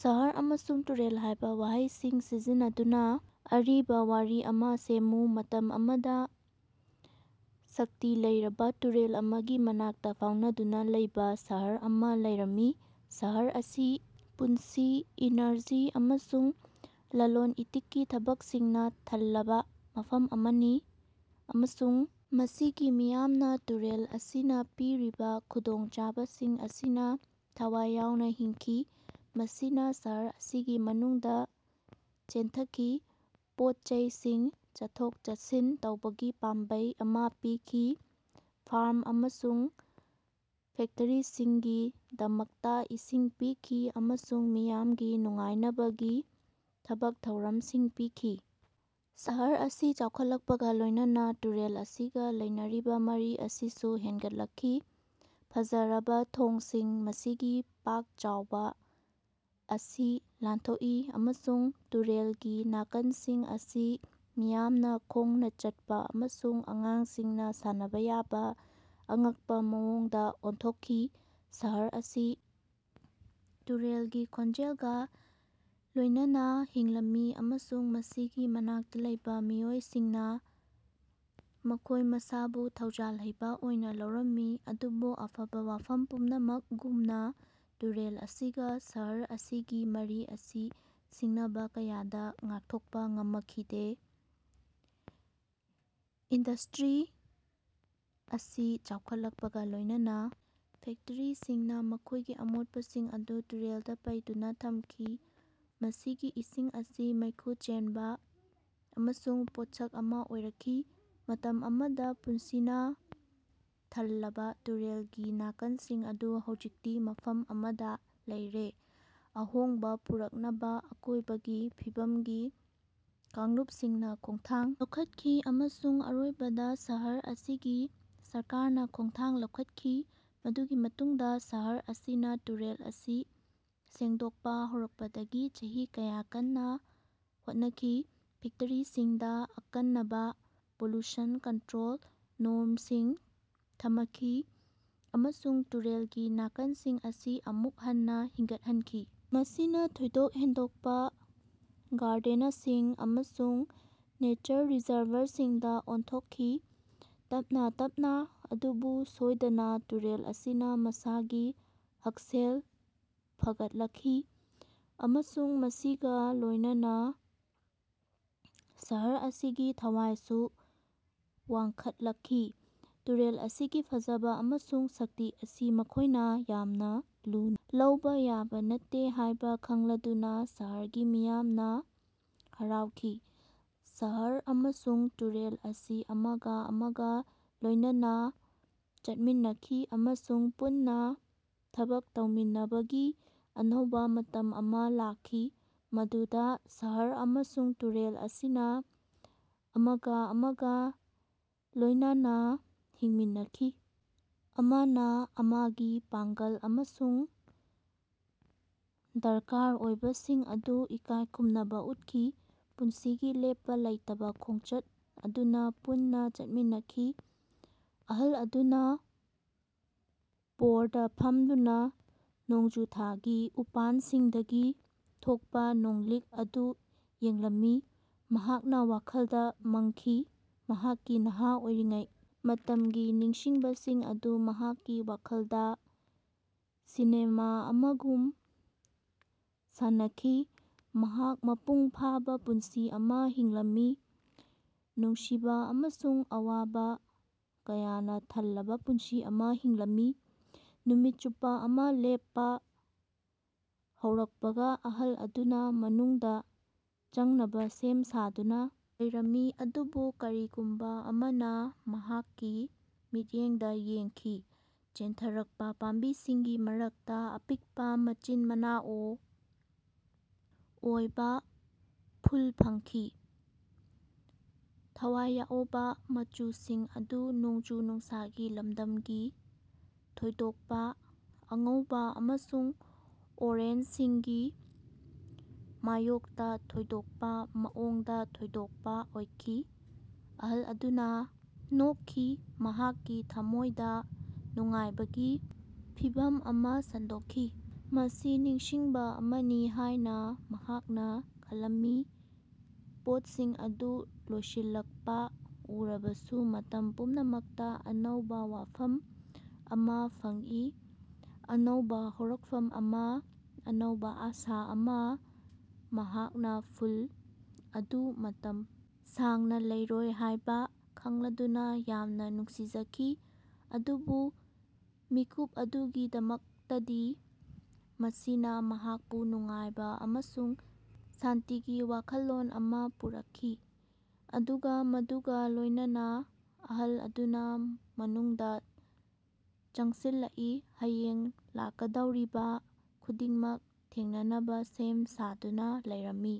ꯁꯍꯔ' ꯑꯃꯁꯨꯡ 'ꯇꯨꯔꯦꯜ' ꯍꯥꯏꯕ ꯋꯥꯍꯩꯁꯤꯡ ꯁꯤꯖꯤꯟꯅꯗꯨꯅ ꯑꯔꯤꯕ ꯋꯥꯔꯤ ꯑꯃꯥ ꯁꯦꯝꯃꯨ꯫ ꯃꯇꯝ ꯑꯃꯥꯗ ꯁꯛꯇꯤ ꯂꯩꯔꯕ ꯇꯨꯔꯦꯜ ꯑꯃꯥꯒꯤ ꯃꯅꯥꯛꯇ ꯐꯥꯎꯅꯗꯨꯅ ꯂꯩꯕ ꯁꯍꯔ ꯑꯃꯥ ꯂꯩꯔꯝꯃꯤ꯫ ꯁꯍꯔ ꯑꯁꯤ ꯄꯨꯟꯁꯤ, ꯏꯅꯔꯖꯤ ꯑꯃꯁꯨꯡ ꯂꯂꯣꯟ-ꯏꯇꯤꯛꯀꯤ ꯊꯕꯛꯁꯤꯡꯅ ꯊꯜꯂꯕ ꯃꯐꯝ ꯑꯃꯥꯅꯤ ꯑꯃꯁꯨꯡ ꯃꯁꯤꯒꯤ ꯃꯤꯌꯥꯝꯅ ꯇꯨꯔꯦꯜ ꯑꯁꯤꯅ ꯄꯤꯔꯤꯕ ꯈꯨꯗꯣꯡꯆꯥꯕꯁꯤꯡ ꯑꯁꯤꯅ ꯊꯋꯥꯏ ꯌꯥꯎꯅ ꯍꯤꯡꯈꯤ꯫ ꯃꯁꯤꯅ ꯁꯍꯔ ꯑꯁꯤꯒꯤ ꯃꯅꯨꯡꯗ ꯆꯦꯟꯊꯈꯤ, ꯄꯣꯠ-ꯆꯩꯁꯤꯡ, ꯆꯠꯊꯣꯛ-ꯆꯠꯁꯤꯟ ꯇꯧꯕꯒꯤ ꯄꯥꯝꯕꯩ ꯑꯃꯥ ꯄꯤꯈꯤ, ꯐꯥꯔꯝ ꯑꯃꯁꯨꯡ ꯐꯦꯛꯇꯔꯤꯁꯤꯡꯒꯤꯗꯃꯛꯇꯥ ꯏꯁꯤꯡ ꯄꯤꯈꯤ ꯑꯃꯁꯨꯡ ꯃꯤꯌꯥꯝꯒꯤ ꯅꯨꯡꯉꯥꯏꯅꯕꯒꯤ ꯊꯕꯛ ꯊꯧꯔꯝꯁꯤꯡ ꯄꯤꯈꯤ꯫ ꯁꯍꯔ ꯑꯁꯤ ꯆꯥꯎꯈꯠꯂꯛꯄꯒ ꯂꯣꯏꯅꯅꯥ ꯇꯨꯔꯦꯜ ꯑꯁꯤꯒ ꯂꯩꯅꯔꯤꯕ ꯃꯔꯤ ꯑꯁꯤꯁꯨ ꯍꯦꯟꯒꯠꯂꯛꯈꯤ꯫ ꯐꯖꯔꯕ ꯊꯣꯡꯁꯤꯡꯅ ꯃꯁꯤꯒꯤ ꯄꯥꯛ ꯆꯥꯎꯕ ꯑꯁꯤ ꯂꯥꯟꯊꯣꯛꯏ, ꯑꯃꯁꯨꯡ ꯇꯨꯔꯦꯜꯒꯤ ꯅꯥꯀꯟꯁꯤꯡ ꯑꯁꯤ ꯃꯤꯌꯥꯝꯅ ꯈꯣꯡꯅ ꯆꯠꯄ ꯑꯃꯁꯨꯡ ꯑꯉꯥꯡꯁꯤꯡꯅ ꯁꯥꯟꯅꯕ ꯌꯥꯕ ꯑꯉꯛꯄꯥ ꯃꯑꯣꯡꯗ ꯑꯣꯟꯊꯣꯛꯈꯤ꯫ ꯁꯍꯔ ꯑꯁꯤ ꯇꯨꯔꯦꯜꯒꯤ ꯈꯣꯟꯖꯦꯜꯒꯥ ꯂꯣꯏꯅꯅꯥ ꯍꯤꯡꯂꯝꯃꯤ ꯑꯃꯁꯨꯡ ꯃꯁꯤꯒꯤ ꯃꯅꯥꯛꯇ ꯂꯩꯕ ꯃꯤꯑꯣꯏꯁꯤꯡꯅ ꯃꯈꯣꯏ ꯃꯁꯥꯕꯨ ꯊꯧꯖꯥꯜ ꯍꯩꯕ ꯑꯣꯏꯅ ꯂꯧꯔꯝꯃꯤ꯫ ꯑꯗꯨꯕꯨ ꯑꯐꯕ ꯋꯥꯐꯝ ꯄꯨꯝꯅꯃꯛꯒꯨꯝꯅ ꯇꯨꯔꯦꯜ ꯑꯁꯤꯒ ꯁꯍꯔ ꯑꯁꯤꯒꯤ ꯃꯔꯤ ꯑꯁꯤ ꯁꯤꯡꯅꯕꯥ ꯀꯌꯥꯗꯒꯤ ꯉꯥꯛꯊꯣꯛꯄꯥ ꯉꯃꯈꯤꯗꯦ꯫ ꯏꯟꯗꯁ꯭ꯠꯔꯤ ꯑꯁꯤ ꯆꯥꯎꯈꯠꯂꯛꯄꯒ ꯂꯣꯏꯅꯅꯥ ꯐꯦꯛꯇꯔꯤꯁꯤꯡꯅ ꯃꯈꯣꯏꯒꯤ ꯑꯃꯣꯠꯄꯁꯤꯡ ꯑꯗꯨ ꯇꯨꯔꯦꯜꯗ ꯄꯩꯗꯨꯅꯥ ꯊꯝꯈꯤ, ꯃꯁꯤꯒꯤ ꯏꯁꯤꯡ ꯑꯁꯤ ꯃꯩꯈꯨ ꯆꯦꯟꯕ ꯑꯃꯁꯨꯡ ꯄꯣꯠꯁꯛ ꯑꯃꯥ ꯑꯣꯏꯔꯛꯈꯤ꯫ ꯃꯇꯝ ꯑꯃꯗꯥ ꯄꯨꯟꯁꯤꯅꯥ ꯊꯜꯂꯕ ꯇꯨꯔꯦꯜꯒꯤ ꯅꯥꯀꯟꯁꯤꯡ ꯑꯗꯨ ꯍꯧꯖꯤꯛꯇꯤ ꯃꯐꯝ ꯑꯃꯗꯥ ꯂꯩꯔꯦ꯫ ꯑꯍꯣꯡꯕ ꯄꯨꯔꯛꯅꯕ ꯑꯀꯣꯏꯕꯒꯤ ꯐꯤꯕꯝꯒꯤ ꯀꯥꯡꯂꯨꯞꯁꯤꯡꯅ ꯈꯣꯡꯊꯥꯡ ꯂꯧꯈꯠꯈꯤ, ꯑꯃꯁꯨꯡ ꯑꯔꯣꯏꯕꯗꯥ ꯁꯍꯔ ꯑꯁꯤꯒꯤ ꯁꯔꯀꯥꯔꯅꯥ ꯈꯣꯡꯊꯥꯡ ꯂꯧꯈꯠꯈꯤ ꯃꯗꯨꯒꯤ ꯃꯇꯨꯡꯗꯥ ꯁꯍꯔ ꯑꯁꯤꯅꯥ ꯇꯨꯔꯦꯜ ꯑꯁꯤ ꯁꯦꯡꯗꯣꯛꯄꯥ ꯍꯧꯔꯛꯄꯗꯒꯤ ꯆꯍꯤ ꯀꯌꯥ ꯀꯟꯅꯥ ꯍꯣꯠꯅꯈꯤ꯫ ꯐꯦꯛꯇꯔꯤꯁꯤꯡꯗ ꯑꯀꯟꯅꯕꯥ ꯄꯣꯂꯨꯁꯟ ꯀꯟꯠꯔꯣꯜ ꯅꯣꯔꯃꯁꯤꯡ ꯊꯃꯈꯤ, ꯑꯃꯁꯨꯡ ꯇꯨꯔꯦꯜꯒꯤ ꯅꯥꯀꯟꯁꯤꯡ ꯑꯁꯤ ꯑꯃꯨꯛ ꯍꯟꯅꯥ ꯍꯤꯡꯒꯠꯍꯟꯈꯤ꯫ ꯃꯁꯤꯅꯥ ꯊꯣꯏꯗꯣꯛ ꯍꯦꯟꯗꯣꯛꯄꯥ ꯒꯥꯔꯗꯦꯅꯁꯤꯡ ꯑꯃꯁꯨꯡ ꯅꯦꯆꯔ ꯔꯤꯖꯔꯚꯔꯁꯤꯡꯗꯥ ꯑꯣꯟꯊꯣꯛꯈꯤ꯫ ꯇꯞꯅꯥ ꯇꯞꯅꯥ, ꯑꯗꯨꯕꯨ ꯁꯣꯏꯗꯅꯥ ꯇꯨꯔꯦꯜ ꯑꯁꯤꯅꯥ ꯃꯁꯥꯒꯤ ꯍꯛꯁꯦꯜ ꯐꯒꯠꯂꯛꯈꯤ, ꯑꯃꯁꯨꯡ ꯃꯁꯤꯒꯥ ꯂꯣꯏꯅꯅꯥ ꯁꯍꯔ ꯑꯁꯤꯒꯤ ꯊꯋꯥꯏꯁꯨ ꯋꯥꯡꯈꯠꯂꯛꯈꯤ꯫ ꯇꯨꯔꯦꯜ ꯑꯁꯤꯒꯤ ꯐꯖꯕ ꯑꯃꯁꯨꯡ ꯁꯛꯇꯤ ꯑꯁꯤ ꯃꯈꯣꯏꯅꯥ ꯌꯥꯝꯅ ꯂꯨꯅ ꯂꯧꯕ ꯌꯥꯕ ꯅꯠꯇꯦ ꯍꯥꯏꯕ ꯈꯪꯂꯗꯨꯅꯥ ꯁꯍꯔꯒꯤ ꯃꯤꯌꯥꯝꯅꯥ ꯍꯥꯔꯥꯎꯈꯤ꯫ ꯁꯍꯔ ꯑꯃꯁꯨꯡ ꯇꯨꯔꯦꯜ ꯑꯁꯤ ꯑꯃꯒꯥ ꯑꯃꯒꯥ ꯂꯣꯏꯅꯅꯥ ꯆꯠꯃꯤꯟꯅꯈꯤ, ꯑꯃꯁꯨꯡ ꯄꯨꯟꯅꯥ ꯊꯕꯛ ꯇꯧꯃꯤꯟꯅꯕꯒꯤ ꯑꯅꯧꯕꯥ ꯃꯇꯝ ꯑꯃꯥ ꯂꯥꯛꯈꯤ, ꯃꯗꯨꯗꯥ ꯁꯍꯔ ꯑꯃꯁꯨꯡ ꯇꯨꯔꯦꯜ ꯑꯁꯤꯅ ꯑꯃꯒꯥ ꯑꯃꯒꯥ ꯂꯣꯏꯅꯅꯥ ꯍꯤꯡꯃꯤꯟꯅꯈꯤ, ꯑꯃꯥꯅ ꯑꯃꯥꯒꯤ ꯄꯥꯡꯒ꯭ꯜ ꯑꯃꯁꯨꯡ ꯗꯔꯀꯥꯔ ꯑꯣꯏꯕꯁꯤꯡ ꯑꯗꯨ ꯏꯀꯥꯏꯈꯨꯝꯅꯕ ꯎꯠꯈꯤ, ꯄꯨꯟꯁꯤꯒꯤ ꯂꯦꯞꯄꯥ ꯂꯩꯇꯕꯥ ꯈꯣꯡꯆꯠ ꯑꯗꯨꯅꯥ ꯄꯨꯟꯅꯥ ꯆꯠꯃꯤꯟꯅꯈꯤ꯫ ꯑꯍꯜ ꯑꯗꯨꯅꯥ ꯄꯣꯔꯗꯥ ꯐꯝꯗꯨꯅꯥ ꯅꯣꯡꯖꯨ ꯊꯥꯒꯤ ꯎꯄꯥꯟꯁꯤꯡꯗꯒꯤ ꯊꯣꯛꯄꯥ ꯅꯣꯡꯂꯤꯛ ꯑꯗꯨ ꯌꯦꯡꯂꯝꯃꯤ꯫ ꯃꯍꯥꯛꯅꯥ ꯋꯥꯈꯜꯗꯥ ꯃꯪꯈꯤ, ꯃꯍꯥꯛꯀꯤ ꯅꯍꯥ ꯑꯣꯏꯔꯤꯉꯩ ꯃꯇꯝꯒꯤ ꯅꯤꯡꯁꯤꯡꯕꯁꯤꯡ ꯑꯗꯨ ꯃꯍꯥꯛꯀꯤ ꯋꯥꯈꯜꯗꯥ ꯁꯤꯅꯦꯃꯥ ꯑꯃꯒꯨꯝ ꯁꯥꯟꯅꯈꯤ꯫ ꯃꯍꯥꯛ ꯃꯄꯨꯡ ꯐꯥꯕꯥ ꯄꯨꯟꯁꯤ ꯑꯃꯥ ꯍꯤꯡꯂꯝꯃꯤ, ꯅꯨꯡꯁꯤꯕꯥ ꯑꯃꯁꯨꯡ ꯑꯋꯥꯕꯥ ꯀꯌꯥꯅꯥ ꯊꯜꯂꯕꯥ ꯄꯨꯟꯁꯤ ꯑꯃꯥ ꯍꯤꯡꯂꯝꯃꯤ꯫ ꯅꯨꯃꯤꯠ ꯆꯨꯞꯄꯥ ꯑꯃꯥ ꯂꯦꯞꯄꯥ ꯍꯧꯔꯛꯄꯒ ꯑꯍꯜ ꯑꯗꯨꯅꯥ ꯃꯅꯨꯡꯗꯥ ꯆꯪꯅꯕꯥ ꯁꯦꯝ ꯁꯥꯗꯨꯅꯥ ꯂꯩꯔꯝꯃꯤ꯫ ꯑꯗꯨꯕꯨ ꯀꯔꯤꯒꯨꯝꯕꯥ ꯑꯃꯅꯥ ꯃꯍꯥꯛꯀꯤ ꯃꯤꯠꯌꯦꯡꯗꯥ ꯌꯦꯡꯈꯤ꯫ ꯆꯦꯟꯊꯔꯛꯄꯥ ꯄꯥꯝꯕꯤꯁꯤꯡꯒꯤ ꯃꯔꯛꯇꯥ ꯑꯄꯤꯛꯄꯥ, ꯃꯆꯤꯟ-ꯃꯅꯥꯑꯣ ꯑꯣꯏꯕ ꯐꯨꯜ ꯐꯪꯈꯤ꯫ ꯊꯋꯥꯏ ꯌꯥꯑꯣꯕꯥ ꯃꯆꯨꯁꯤꯡ ꯑꯗꯨ ꯅꯣꯡꯖꯨ ꯅꯨꯡꯁꯥꯒꯤ ꯂꯝꯗꯝꯒꯤ ꯊꯣꯏꯗꯣꯛꯄꯥ ꯑꯉꯧꯕꯥ ꯑꯃꯁꯨꯡ ꯑꯣꯔꯦꯟꯖꯁꯤꯡꯒꯤ ꯃꯥꯌꯣꯛꯇꯥ ꯊꯣꯏꯗꯣꯛꯄꯥ ꯃꯑꯣꯡꯗꯥ ꯊꯣꯏꯗꯣꯛꯄꯥ ꯑꯣꯏꯈꯤ꯫ ꯑꯍꯜ ꯑꯗꯨꯅꯥ ꯅꯣꯛꯈꯤ, ꯃꯍꯥꯛꯀꯤ ꯊꯝꯃꯣꯏꯗꯥ ꯅꯨꯡꯉꯥꯏꯕꯒꯤ ꯐꯤꯚꯝ ꯑꯃꯥ ꯁꯟꯗꯣꯛꯈꯤ꯫ ꯃꯁꯤ ꯅꯤꯡꯁꯤꯡꯕꯥ ꯑꯃꯅꯤ ꯍꯥꯏꯅꯥ ꯃꯍꯥꯛꯅꯥ ꯈꯜꯂꯝꯃꯤ, ꯄꯣꯠꯁꯤꯡ ꯑꯗꯨ ꯂꯣꯏꯁꯤꯜꯂꯛꯄꯥ ꯎꯔꯕꯁꯨ ꯃꯇꯝ ꯄꯨꯝꯅꯃꯛꯇꯥ ꯑꯅꯧꯕꯥ ꯋꯥꯐꯝ ꯑꯃꯥ ꯐꯪꯏ꯫ ꯑꯅꯧꯕꯥ ꯍꯧꯔꯛꯐꯝ ꯑꯃꯥ, ꯑꯅꯧꯕꯥ ꯑꯥꯁꯥ ꯑꯃꯥ꯫ ꯃꯍꯥꯛꯅꯥ ꯐꯨꯜ ꯑꯗꯨ ꯃꯇꯝ ꯁꯥꯡꯅꯥ ꯂꯩꯔꯣꯏ ꯍꯥꯏꯕꯥ ꯈꯪꯂꯗꯨꯅꯥ ꯌꯥꯝꯅꯥ ꯅꯨꯡꯁꯤꯖꯈꯤ꯫ ꯑꯗꯨꯕꯨ ꯃꯤꯀꯨꯞ ꯑꯗꯨꯒꯤꯗꯃꯛꯇꯗꯤ ꯃꯁꯤꯅꯥ ꯃꯍꯥꯛꯄꯨ ꯅꯨꯡꯉꯥꯏꯕ ꯑꯃꯁꯨꯡ ꯁꯥꯟꯇꯤꯒꯤ ꯋꯥꯈꯜꯂꯣꯟ ꯑꯃꯥ ꯄꯨꯔꯛꯈꯤ꯫ ꯑꯗꯨꯒꯥ ꯃꯗꯨꯒꯥ ꯂꯣꯏꯅꯅꯥ ꯑꯍꯜ ꯑꯗꯨꯅꯥ ꯃꯅꯨꯡꯗꯥ ꯆꯪꯁꯤꯜꯂꯛꯏ, ꯍꯌꯦꯡ ꯂꯥꯛꯀꯗꯧꯔꯤꯕꯥ ꯈꯨꯗꯤꯡꯃꯛ ꯊꯦꯡꯅꯅꯕꯥ ꯁꯦꯝ ꯁꯥꯗꯨꯅꯥ ꯂꯩꯔꯝꯃꯤ꯫